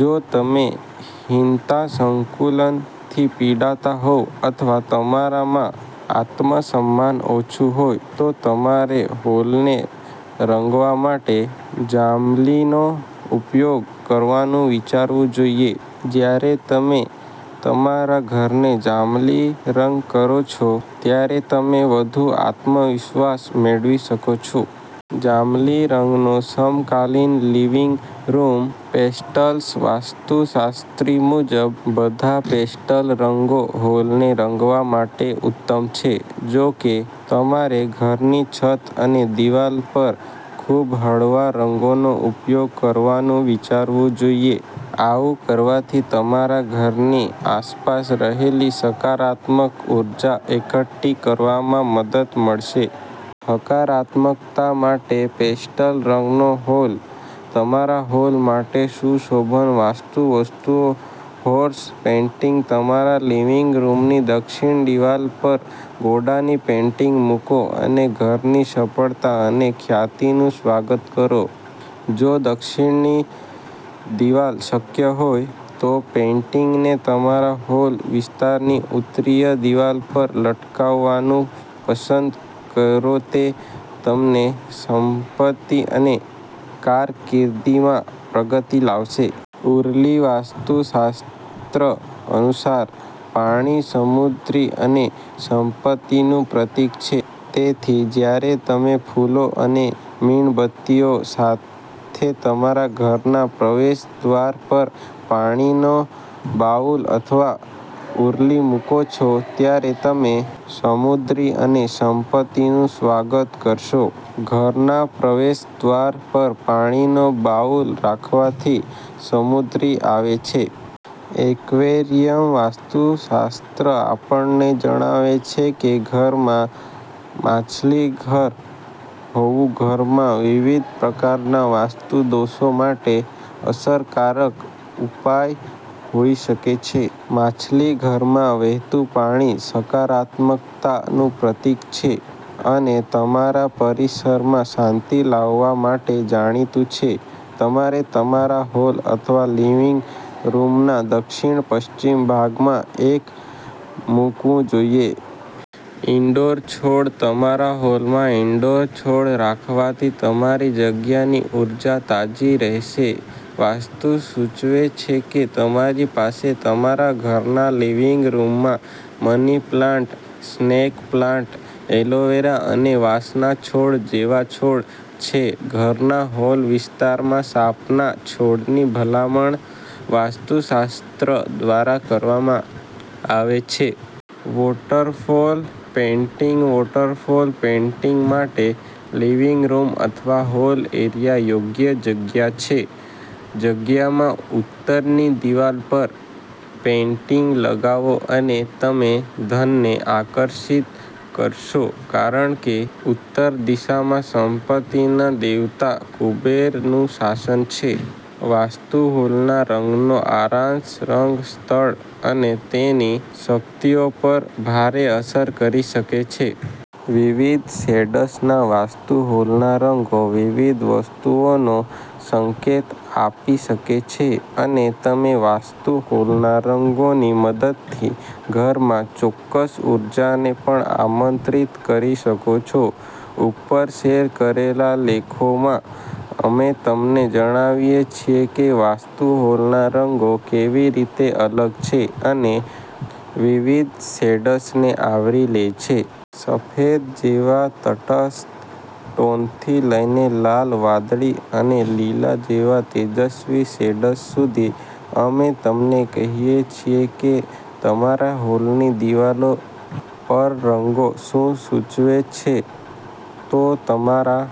જો તમે હીનતા સંકુલથી પીડાતા હોવ અથવા તમારામાં આત્મસન્માન ઓછું હોય, તો તમારે હોલને રંગવા માટે જાંબલીનો ઉપયોગ કરવાનું વિચારવું જોઈએ. જ્યારે તમે તમારા ઘરને જાંબલી રંગ કરો છો ત્યારે તમે વધુ આત્મવિશ્વાસ મેળવી શકો છો. જાંબલી રંગનો સમકાલીન લિવિંગ રૂમ પેસ્ટલ્સ વાસ્તુશાસ્ત્ર મુજબ, બધા પેસ્ટલ રંગો હોલને રંગવા માટે ઉત્તમ છે. જો કે, તમારે ઘરની છત અને દિવાલ પર ખૂબહળવા રંગોનો ઉપયોગ કરવાનું વિચારવું જોઈએ. આવું કરવાથી તમારા ઘરની આસપાસ રહેલી સકારાત્મક ઉર્જા એકઠી કરવામાં મદદ મળશે. હકારાત્મકતા માટે પેસ્ટલ રંગનો હોલ તમારા હોલ માટે સુશોભન વાસ્તુ વસ્તુઓ હોર્સ પેઇન્ટિંગતમારા લિવિંગ રૂમની દક્ષિણ દિવાલ પર ઘોડાની પેઇન્ટિંગ મૂકો અને ઘરની સફળતા અને ખ્યાતિનું સ્વાગત કરો. જો દક્ષિણની દિવાલ શક્યહોય, તોપેઇન્ટિંગને તમારા હોલ વિસ્તારની ઉત્તરીય દિવાલ પર લટકાવવાનું પસંદ કરોતે તમને સંપત્તિ અને કારકિર્દીમાં પ્રગતિ લાવશે. ઉરલીવાસ્તુશાસ્ત્ર અનુસાર, પાણી સમૃદ્ધિ અને સંપત્તિનું પ્રતીક છે. તેથી, જ્યારે તમે ફૂલો અને મીણબત્તીઓ સાથે તમારા ઘરના પ્રવેશદ્વાર પર પાણીનો બાઉલ અથવા ઉર્લી મૂકો છો ત્યારે તમે સમૃદ્ધિ અને સંપત્તિનું સ્વાગત કરશો. ઘરના પ્રવેશદ્વાર પર પાણીનો બાઉલ રાખવાથી સમૃદ્ધિ આવે છે. એક્વેરિયમવાસ્તુશાસ્ત્ર આપણને જણાવે છે કે ઘરમાં માછલીઘર હોવુંઘરમાં વિવિધ પ્રકારના વાસ્તુ દોષો માટે અસરકારક ઉપાય હોઈ શકે છે. માછલીઘરમાં વહેતું પાણી સકારાત્મકતાનું પ્રતીક છે અને તમારા પરિસરમાં શાંતિ લાવવા માટે જાણીતું છે. તમારે તમારા હોલ અથવા લિવિંગ રૂમના દક્ષિણ-પશ્ચિમ ભાગમાં એક મૂકવું જોઈએ. ઇન્ડોર છોડતમારા હોલમાં ઇન્ડોર છોડ રાખવાથી તમારી જગ્યાની ઉર્જા તાજી રહેશે. વાસ્તુ સૂચવે છે કે તમારી પાસે તમારા ઘરના લિવિંગ રૂમમાં money plant, snake plant, aloe vera અને વાંસના છોડ જેવા છોડ છે. ઘરના હોલ વિસ્તારમાં સાપના છોડની ભલામણ વાસ્તુશાસ્ત્ર દ્વારા કરવામાં આવે છે. વોટરફોલ પેઇન્ટિંગવોટરફોલ પેઇન્ટિંગ માટે લિવિંગ રૂમ અથવા હોલ એરિયા યોગ્ય જગ્યા છે. જગ્યામાં ઉત્તરની દીવાલ પર પેઇન્ટિંગ લગાવો અને તમે ધનને આકર્ષિત કરશો કારણ કે ઉત્તર દિશામાં સંપત્તિના દેવતા કુબેરનું શાસન છે. વાસ્તુ હોલના રંગનો સારાંશ રંગ સ્થળ અને તેની શક્તિઓ પર ભારે અસર કરી શકે છે. વિવિધ શેડ્સના વાસ્તુ હોલના રંગો વિવિધ વસ્તુઓનો સંકેત આપી શકે છે અને તમે વાસ્તુ હોલના રંગોની મદદથી ઘરમાં ચોક્કસ ઊર્જાને પણ આમંત્રિત કરી શકો છો. ઉપર શેર કરેલા લેખોમાં, અમે તમને જણાવીએ છીએ કે વાસ્તુ હોલના રંગો કેવી રીતે અલગ છે અને વિવિધ શેડ્સને આવરી લે છે. સફેદ જેવા તટસ્થ ટોનથી લઈને લાલ, વાદળી અને લીલા જેવા તેજસ્વી શેડ્સ સુધી, અમે અમને કહીએ છીએ કે તમારા હોલની દિવાલો પરરંગો શું સૂચવે છે. તો તમારા